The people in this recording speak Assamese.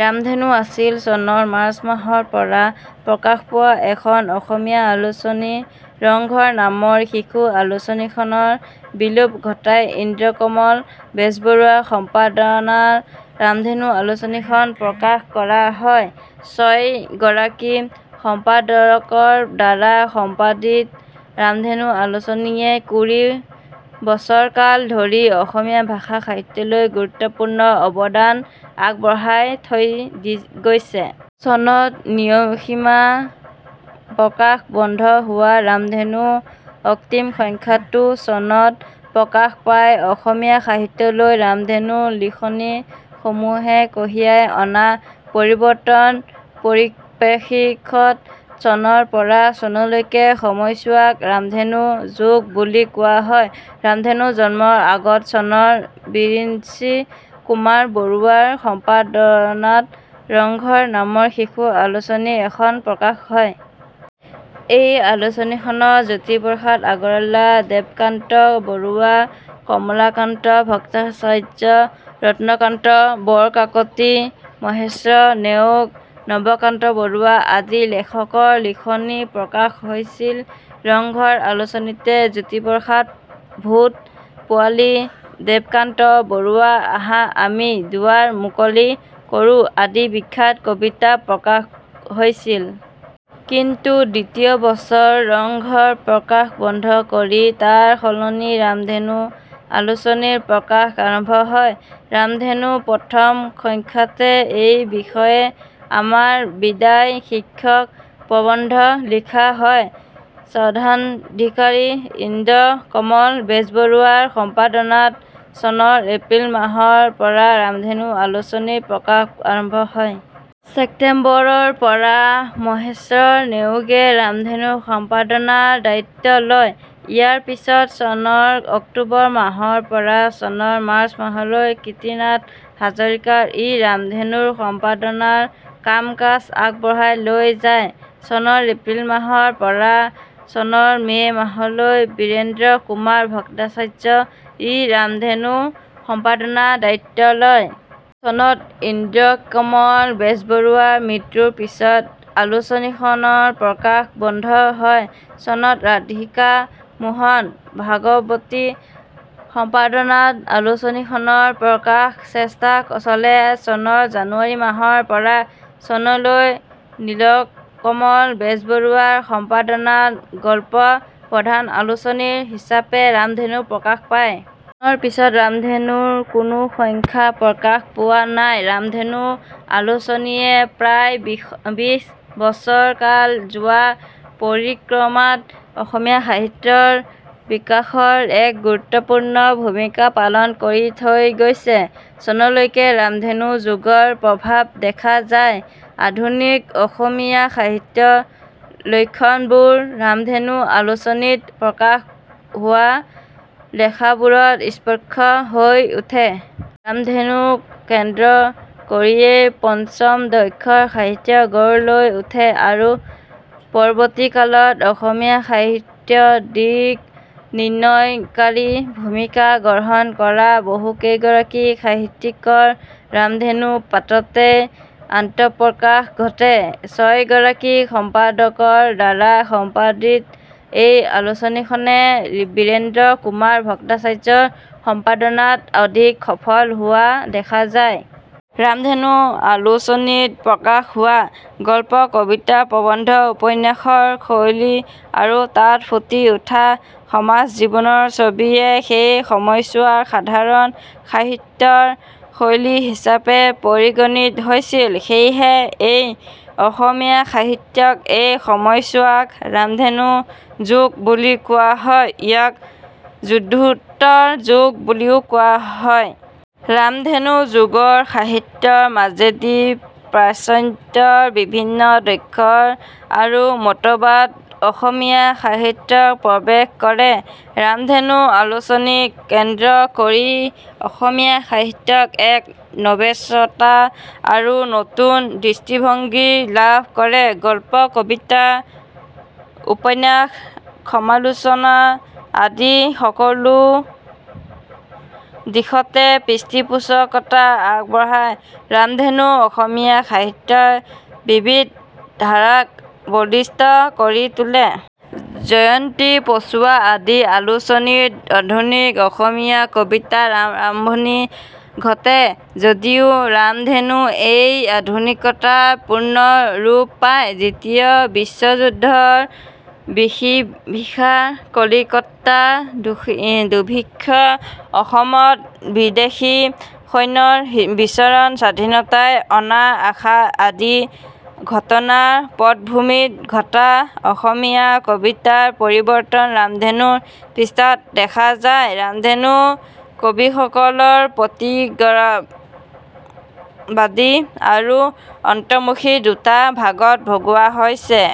ৰামধেনু আছিল চনৰ মাৰ্চ মাহৰ পৰা প্ৰকাশ পোৱা এখন অসমীয়া আলোচনী। ৰংঘৰ নামৰ শিশু আলোচনীখনৰ বিলোপ ঘটাই ইন্দ্ৰকমল বেজবৰুৱাৰ সম্পাদনাত ৰামধেনু আলোচনীখন প্ৰকাশ কৰা হয়। ছয়গৰাকী সম্পাদকৰ দ্বাৰা সম্পাদিত ৰামধেনু আলোচনীয়ে কুৰি বছৰকাল ধৰি অসমীয়া ভাষা-সাহিত্যলৈ গুৰুত্বপূৰ্ণ অৱদান আগবঢ়াই থৈ গৈছে। চনত নিয়মীয়া প্ৰকাশ বন্ধ হোৱা ৰামধেনুৰ অন্তিম সংখ্যাটো চনত প্ৰকাশ পায়। অসমীয়া সাহিত্যলৈ ৰামধেনুৰ লিখনি সমূহে কঢ়িয়াই অনা পৰিৱৰ্তনৰ পৰিপ্ৰেক্ষিতত চনৰ পৰা চনলৈকে সময়ছোৱাক ৰামধেনু যুগ বুলি কোৱা হয়। ৰামধেনুৰ জন্মৰ আগত চনত বিৰিঞ্চি কুমাৰ বৰুৱা ৰ সম্পাদনাত ৰংঘৰ নামৰ শিশু আলোচনী এখন প্ৰকাশ হয়। এই আলোচনীখনত জ্যোতিপ্ৰসাদ আগৰৱালা, দেৱকান্ত বৰুৱা, কমলাকান্ত ভট্টাচাৰ্য, ৰত্নকান্ত বৰকাকতী, মহেশ্বৰ নেওগ, নৱকান্ত বৰুৱা আদি লেখকৰ লিখনি প্ৰকাশ হৈছিল। ৰংঘৰ আলোচনীতে জ্যোতিপ্ৰসাদৰ ভূত পোৱালি, দেৱকান্ত বৰুৱাৰ আহা আমি দুৱাৰ মুকলি কৰোঁ আদি বিখ্যাত কবিতা প্ৰকাশ হৈছিল। কিন্তু দ্বিতীয় বছৰত ৰংঘৰৰ প্ৰকাশ বন্ধ কৰি তাৰ সলনি ৰামধেনু আলোচনীৰ প্ৰকাশ আৰম্ভ হয়। ৰামধেনুৰ প্ৰথম সংখ্যাতে এই বিষয়ে আমাৰ বিদায় শীৰ্ষক প্ৰবন্ধত লিখা হয়– স্বত্বাধিকাৰী ইন্দ্ৰকমল বেজবৰুৱাৰ সম্পাদনাত চনৰ এপ্ৰিল মাহৰ পৰা ৰামধেনু আলোচনীৰ প্ৰকাশ আৰম্ভ হয়। ছেপ্তেম্বৰ, ৰ পৰা মহেশ্বৰ নেওগে ৰামধেনুৰ সম্পাদনাৰ দ্বায়িত্ব লয়। ইয়াৰ পিছত চনৰ অক্টোবৰ মাহৰ পৰা চনৰ মাৰ্চ মাহলৈ কীৰ্তিনাথ হাজৰিকা ই ৰামধেনুৰ সম্পাদনাৰ কাম-কাজ আগবঢ়াই লৈ যায়। চনৰ এপ্ৰিল মাহৰ পৰা চনৰ মে' মাহলৈ বীৰেন্দ্ৰ কুমাৰ ভট্টাচাৰ্য ই ৰামধেনুৰ সম্পাদনাৰ দায়িত্ব লয়। চনত ইন্দ্ৰকমল বেজবৰুৱাৰ মৃত্যুৰ পিছত আলোচনীখনৰ প্ৰকাশ বন্ধ হয়। চনত ৰাধিকামোহন ভাগৱতী ৰ সম্পাদনাত আলোচনীখনৰ প্ৰকাশৰ চেষ্টা চলে। চনৰ জানুৱাৰী মাহৰ পৰা চনলৈ নীলকমল বেজবৰুৱাৰ সম্পাদনাত গল্প প্ৰধান আলোচনী হিচাপে ৰামধেনু প্ৰকাশ পায়। চনৰ পিছত ৰামধেনুৰ কোনো সংখ্যা প্ৰকাশ পোৱা নাই। ৰামধেনু আলোচনীয়ে প্ৰায় বিশ বছৰকাল যোৰা পৰিক্ৰমাত অসমীয়া সাহিত্য ৰ বিকাশত এক গুৰুত্বপূৰ্ণ ভূমিকা পালন কৰি থৈ গৈছে। চনলৈকে ৰামধেনু যুগৰ প্ৰভাৱ দেখা যায়। আধুনিক অসমীয়া সাহিত্যৰ লক্ষণবোৰ ৰামধেনু আলোচনীত প্ৰকাশ হোৱা লেখাবোৰত স্পষ্ট হৈ উঠে। ৰামধেনুক কেন্দ্ৰ কৰিয়েই পঞ্চম দশকৰ সাহিত্য গঢ় লৈ উঠে আৰু পৰৱৰ্তীকালত অসমীয়া সাহিত্যৰ দিক-নিৰ্ণয়কাৰী ভূমিকা গ্ৰহণ কৰা বহুকেইগৰাকী সাহিত্যিকৰ ৰামধেনুৰ পাততেই আত্মপ্ৰকাশ ঘটে। ছয়গৰাকী সম্পাদকৰ দ্বাৰা সম্পাদিত এই আলোচনীখনে বীৰেন্দ্ৰ কুমাৰ ভট্টাচাৰ্য ৰ সম্পাদনাত অধিক সফল হোৱা দেখা যায়। ৰামধেনু আলোচনীত প্ৰকাশ হোৱা গল্প-কবিতা-প্ৰবন্ধ-উপন্যাসৰ শৈলী আৰু তাত ফুটি উঠা সমাজ-জীৱনৰ ছবিয়ে সেই সময়ছোৱাৰ সাধাৰণ সাহিত্যৰ শৈলী হিচাপে পৰিগণিত হৈছিল। সেয়েহে এই অসমীয়া সাহিত্যত এই সময়ছোৱাক ৰামধেনু যুগ বুলি কোৱা হয়। ইয়াক যুদ্ধোত্তৰ যুগ বুলিও কোৱা হয়। ৰামধেনু যুগৰ সাহিত্যৰ মাজেদি পাশ্চাত্যৰ বিভিন্ন দৰ্শন আৰু মতবাদ অসমীয়া সাহিত্যত প্ৰৱেশ কৰে। ৰামধেনু আলোচনীক কেন্দ্ৰ কৰি অসমীয়া সাহিত্যই এক নৱচেতনা আৰু নতুন দৃষ্টিভংগী লাভ কৰে। গল্প, কবিতা, উপন্যাস, সমালোচনা আদি সকলো দিশতে পৃষ্ঠপোষকতা আগবঢ়াই ৰামধেনুৱে অসমীয়া সাহিত্যৰ বিবিধ ধাৰাক বলিষ্ঠ কৰি তোলে। জয়ন্তী, পছোৱা আদি আলোচনীত আধুনিক অসমীয়া কবিতাৰ আৰম্ভণি ঘটে যদিও ৰামধেনুত এই আধুনিকতাই পূৰ্ণ ৰূপ পায়। দ্বিতীয় বিশ্বযুদ্ধ ৰ বিভীষিকা, কলিকতাৰ দুৰ্ভিক্ষ, অসমত বিদেশী সৈন্যৰ বিচৰণ, স্বাধীনতাই অনা আশা আদি ঘটনাৰ পটভূমিত ঘটা অসমীয়া কবিতাৰ পৰিৱৰ্তন ৰামধেনুৰ পৃষ্ঠাত দেখা যায়। ৰামধেনুৰ কবিসকলক প্ৰগতিবাদী আৰু অন্তৰ্মুখী দুটা ভাগত ভগোৱা হৈছে।